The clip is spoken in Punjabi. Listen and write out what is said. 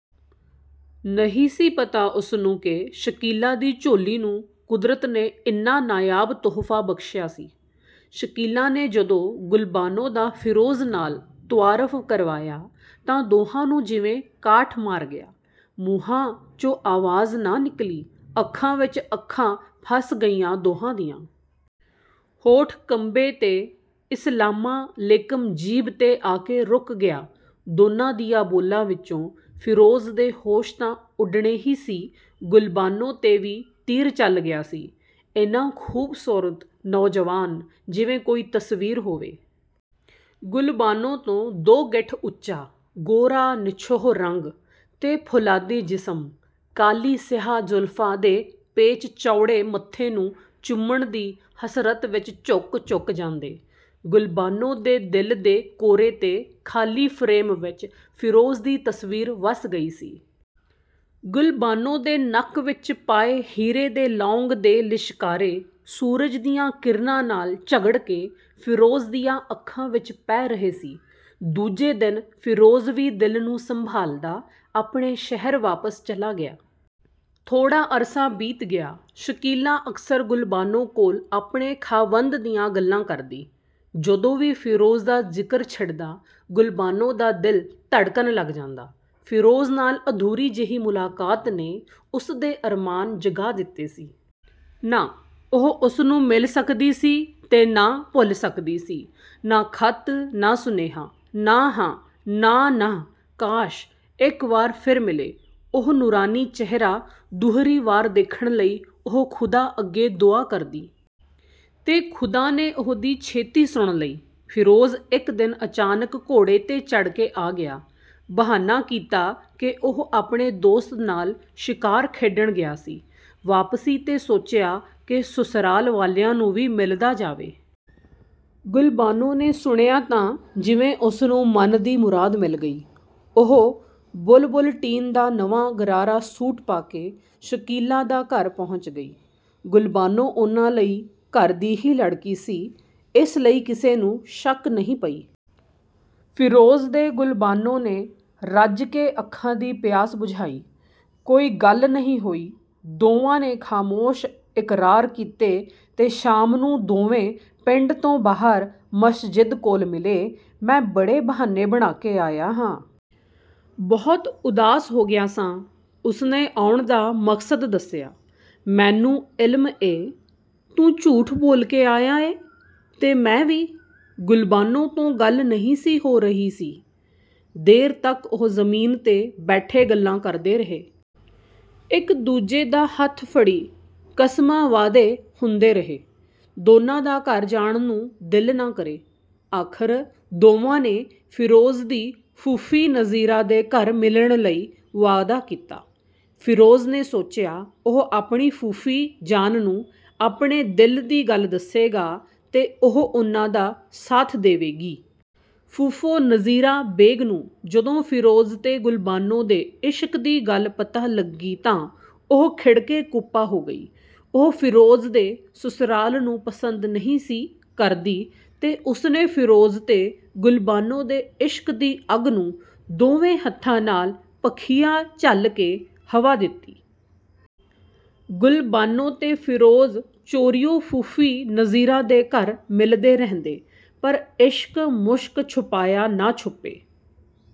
ਨਹੀ ਸੀ ਪਤਾ ਉਸਨੂੰ ਕਿ ਸ਼ਕੀਲਾ ਦੀ ਝੋਲੀ ਨੂੰ ਕੁਦਰਤ ਨੇ ਇੰਨ੍ਹਾ ਨਾਯਾਬ ਤੋਹਫਾ ਬਖਸ਼ਿਆ ਸੀ। ਸ਼ਕੀਲਾ ਨੇ ਜਦੋ ਗੁਲਬਾਨੋ ਦਾ ਫਿਰੋਜ਼ ਨਾਲ ਤੁਆਰਫ ਕਰਵਾਇਆ, ਤਾਂ ਦੋਹਾਂ ਨੂੰ ਜਿਵੇਂ ਕਾਠ ਮਾਰ ਗਿਆ। ਮੂੰਹਾਂ, ਚੋਂ ਆਵਾਜ਼ ਨਾ ਨਿੱਕਲੀ, ਅੱਖਾਂ ਵਿੱਚ ਅੱਖਾਂ ਫਸ ਗਈਆ ਦੋਹਾਂ ਦੀਆ। ਹੋਂਠ ਕੰਬੇਂ ਤੇ "ਇਸਲਾਮਾ ਲੇਕਮ"ਜੀਭ ਤੇ ਆ ਕੇ ਰੁਕ ਗਿਆ ਦੋਨਾਂ ਦੀਆ ਬੋਲਾ ਵਿਚੋ। ਫਿਰੋਜ਼ ਦੇ ਹੋਸ਼ ਤਾਂ ਉਡਣੇ ਹੀ ਸੀ ਗੁਲਬਾਨੋ ਤੇ ਵੀ ਤੀਰ ਚੱਲ ਗਿਆ ਸੀ। "ਏਨਾਂ ਖੂਬਸੂਰਤ ਨੌਜਵਾਨ..! ਜਿਵੇ ਕੋਈ ਤਸਵੀਰ ਹੋਵੇ। ਗੁਲਬਾਨੋ ਤੋਂ ਦੋ ਗਿੱਠ ਉਚਾ, ਗੋਰਾ ਨਿਛੋਹ ਰੰਗ, ਤੇ ਫ਼ੋਲਾਦੀ ਜਿਸਮ। ਕਾਲੀ ਸਿਆਹ ਜ਼ੁਲਫਾ ਦੇ ਪੇਚ ਚੌੜੇ ਮੱਥੇ ਨੂੰ ਚੁੰਮਣ ਦੀ ਹਸਰਤ ਵਿੱਚ ਝੁਕ ਝੁਕ ਜਾਂਦੇ। ਗੁਲਬਾਨੋ ਦੇ ਦਿਲ ਦੇ ਕੋਰੇ ਤੇ ਖਾਲੀ ਫਰੇਮ ਵਿੱਚ ਫਿਰੋਜ਼ ਦੀ ਤਸਵੀਰ ਵਸ ਗਈ ਸੀ। ਗੁਲਬਾਨੋ ਦੇ ਨੱਕ ਵਿੱਚ ਪਾਏ ਹੀਰੇ ਦੇ ਲੌਂਗ ਦੇ ਲਿਸ਼ਕਾਰੇ ਸੂਰਜ ਦੀਆਂ ਕਿਰਨਾਂ ਨਾਲ ਝਗੜ ਕੇ ਫਿਰੋਜ਼ ਦੀਆ ਅੱਖਾਂ ਵਿੱਚ ਪੈ ਰਹੇ ਸੀ। ਦੂਜੇ ਦਿਨ ਫਿਰੋਜ਼ ਵੀ ਦਿਲ ਨੂੰ ਸੰਭਾਲਦਾ ਆਪਣੇ ਸ਼ਹਿਰ ਵਾਪਸ ਚਲਾ ਗਿਆ। ਥੋੜ੍ਹਾ ਅਰਸਾ ਬੀਤ ਗਿਆ, ਸ਼ਕੀਲਾ ਅਕਸਰ ਗੁਲਬਾਨੋ ਕੋਲ ਆਪਣੇ ਖਾਵੰਦ ਦੀਆਂ ਗੱਲਾਂ ਕਰਦੀ। ਜਦੋ ਵੀ ਫਿਰੋਜ਼ ਦਾ ਜ਼ਿਕਰ ਛਿੜਦਾ ਗੁਲਬਾਨੋ ਦਾ ਦਿਲ ਧੜਕਣ ਲੱਗ ਜਾਂਦਾ। ਫਿਰੋਜ਼ ਨਾਲ ਅਧੂਰੀ ਜਿਹੀ ਮੁਲਾਕਾਤ ਨੇ ਉਸ ਦੇ ਅਰਮਾਨ ਜਗਾਅ ਦਿਤੇ ਸੀ। ਨਾ ਉਹ ਉਸ ਨੂੰ ਮਿਲ ਸਕਦੀ ਸੀ ਤੇ ਨਾ ਭੁੱਲ ਸਕਦੀ ਸੀ। ਨਾ ਖੱਤ ਨਾ ਸੁਨੇਹਾ। ਨਾ ਹਾਂ, ਨਾ ਨਾਂਹ। ਕਾਸ਼! ਇਕ ਵਾਰ ਫਿਰ ਮਿਲੇ, ਉਹ ਨੂਰਾਨੀ ਚਿਹਰਾ ਦੂਹਰੀ ਵਾਰ ਦੇਖਣ ਲਈ ਉਹ ਖੁਦਾ ਅੱਗੇ ਦੁਆ ਕਰਦੀ। ਤੇ ਖੁਦਾ ਨੇ ਉਹਦੀ ਛੇਤੀ ਸੁਣ ਲਈ। ਫਿਰੋਜ਼ ਇਕ ਦਿਨ ਅਚਾਨਕ ਘੋੜੇ ਤੇ ਚੜ੍ਹ ਕੇ ਆ ਗਿਆ। ਬਹਾਨਾ ਕੀਤਾ ਕਿ ਉਹ ਆਪਣੇ ਦੋਸਤ ਨਾਲ ਸ਼ਿਕਾਰ ਖੇਡਣ ਗਿਆ ਸੀ। ਵਾਪਸੀ ਤੇ ਸੋਚਿਆ ਕਿ ਸੁਸਰਾਲ ਵਾਲਿਆ ਨੂੰ ਵੀ ਮਿਲਦਾ ਜਾਵੇ। ਗੁਲਬਾਨੋ ਨੇ ਸੁਣਿਆ ਤਾਂ ਜਿਵੇਂ ਉਸਨੂੰ ਮਨ ਦੀ ਮੁਰਾਦ ਮਿਲ ਗਈ, ਉਹ ਬੁਲਬੁਲਟੀਨ ਦਾ ਨਵਾਂ ਗਰਾਰਾ ਸੂਟ ਪਾ ਕੇ ਸ਼ਕੀਲਾ ਦਾ ਘਰ ਪਹੁੰਚ ਗਈ। ਗੁਲਬਾਨੋ ਉਨ੍ਹਾਂ ਲਈ ਘਰ ਦੀ ਹੀ ਲੜਕੀ ਸੀ, ਇਸ ਲਈ ਕਿਸੇ ਨੂੰ ਸ਼ੱਕ ਨਹੀ ਪਈ। ਫਿਰੋਜ਼ ਤੇ ਗੁਲਬਾਨੋ ਨੇ ਰੱਜ ਕੇ ਅੱਖਾਂ ਦੀ ਪਿਆਸ ਬੁਝਾਈ, ਕੋਈ ਗੱਲ ਨਹੀ ਹੋਈ। ਦੋਵਾਂ ਨੇ ਖਾਮੋਸ਼ ਇਕਰਾਰ ਕੀਤੇ ਤੇ ਸ਼ਾਮ ਨੂੰ ਦੋਵੇਂ ਪਿੰਡ ਤੋਂ ਬਾਹਰ ਮਸਜਿਦ ਕੋਲ ਮਿਲੇ। ਮੈਂ ਬੜੇ ਬਹਾਨੇ ਬਣਾਕੇ ਆਇਆ ਹਾਂ। ਬਹੁਤ ਉਦਾਸ ਹੋ ਗਿਆ ਸਾਂ, ਉਸਨੇ ਆਉਣ ਦਾ ਮਕਸਦ ਦੱਸਿਆ। "ਮੈਨੂੰ ਇਲਮ ਏ…. ਤੂੰ ਝੂਠ ਬੋਲ ਕੇ ਆਇਆ ਏ… ਤੇ ਮੈਂ ਵੀ… ਗੁਲਬਾਨੋ ਤੋਂ ਗੱਲ ਨਹੀ ਸੀ ਹੋ ਰਹੀ ਸੀ। ਦੇਰ ਤੱਕ ਉਹ ਜ਼ਮੀਨ ਤੇ ਬੈਠੇ ਗੱਲਾਂ ਕਰਦੇ ਰਹੇ। ਇਕ-ਦੂਜੇ ਦਾ ਹੱਥ ਫੜੀ ਕਸ਼ਮਾਂ-ਵਾਅਦੇ ਹੁੰਦੇ ਰਹੇ। ਦੋਨਾਂ ਦਾ ਘਰ ਜਾਣ ਨੂੰ ਦਿਲ ਨਾ ਕਰੇ। ਆਖ਼ਰ ਦੋਵਾਂ ਨੇ ਫਿਰੋਜ਼ ਦੀ ਫੂਫੀ ਨਜ਼ੀਰਾਂ ਦੇ ਘਰ ਮਿਲਣ ਲਈ ਵਾਅਦਾ ਕੀਤਾ। ਫਿਰੋਜ਼ ਨੇ ਸੋਚਿਆ ਉਹ ਆਪਣੀ ਫੂਫੀ ਜਾਨ ਨੂੰ ਆਪਣੇ ਦਿਲ ਦੀ ਗੱਲ ਦੱਸੇਗਾ ਤੇ ਉਹ ਉਨ੍ਹਾਂ ਦਾ ਸਾਥ ਦੇਵੇਗੀ। ਫੂਫੋ 'ਨਜ਼ੀਰਾਂ ਬੇਗ' ਨੂੰ ਜਦੋ ਫਿਰੋਜ਼ ਤੇ ਗੁਲਬਾਨੋ ਦੇ ਇਸ਼ਕ ਦੀ ਗੱਲ ਪਤਾ ਲੱਗੀ ਤਾਂ ਉਹ ਖਿੜ ਕੇ ਕੁੱਪਾ ਹੋ ਗਈ। ਉਹ ਫਿਰੋਜ਼ ਦੇ ਸੁਸਰਾਲ ਨੂੰ ਪਸੰਦ ਨਹੀ ਸੀ ਕਰਦੀ ਤੇ ਉਸਨੇ ਫਿਰੋਜ਼ ਤੇ ਗੁਲਬਾਨੋ ਦੇ ਇਸ਼ਕ ਦੀ ਅੱਗ ਨੂੰ ਦੋਵੇਂ ਹੱਥਾਂ ਨਾਲ ਪੱਖੀਆ ਝੱਲਕੇ ਹਵਾ ਦਿਤੀ। ਗੁਲਬਾਨੋ ਤੇ ਫਿਰੋਜ਼ ਚੋਰੀਉ ਫੂਫੀ ਨਜ਼ੀਰਾਂ ਦੇ ਘਰ ਮਿਲਦੇ ਰਹਿੰਦੇ, ਪਰ ਇਸ਼ਕ-ਮੁਸ਼ਕ ਛੁਪਾਇਆ ਨਾ ਛੁੱਪੇ।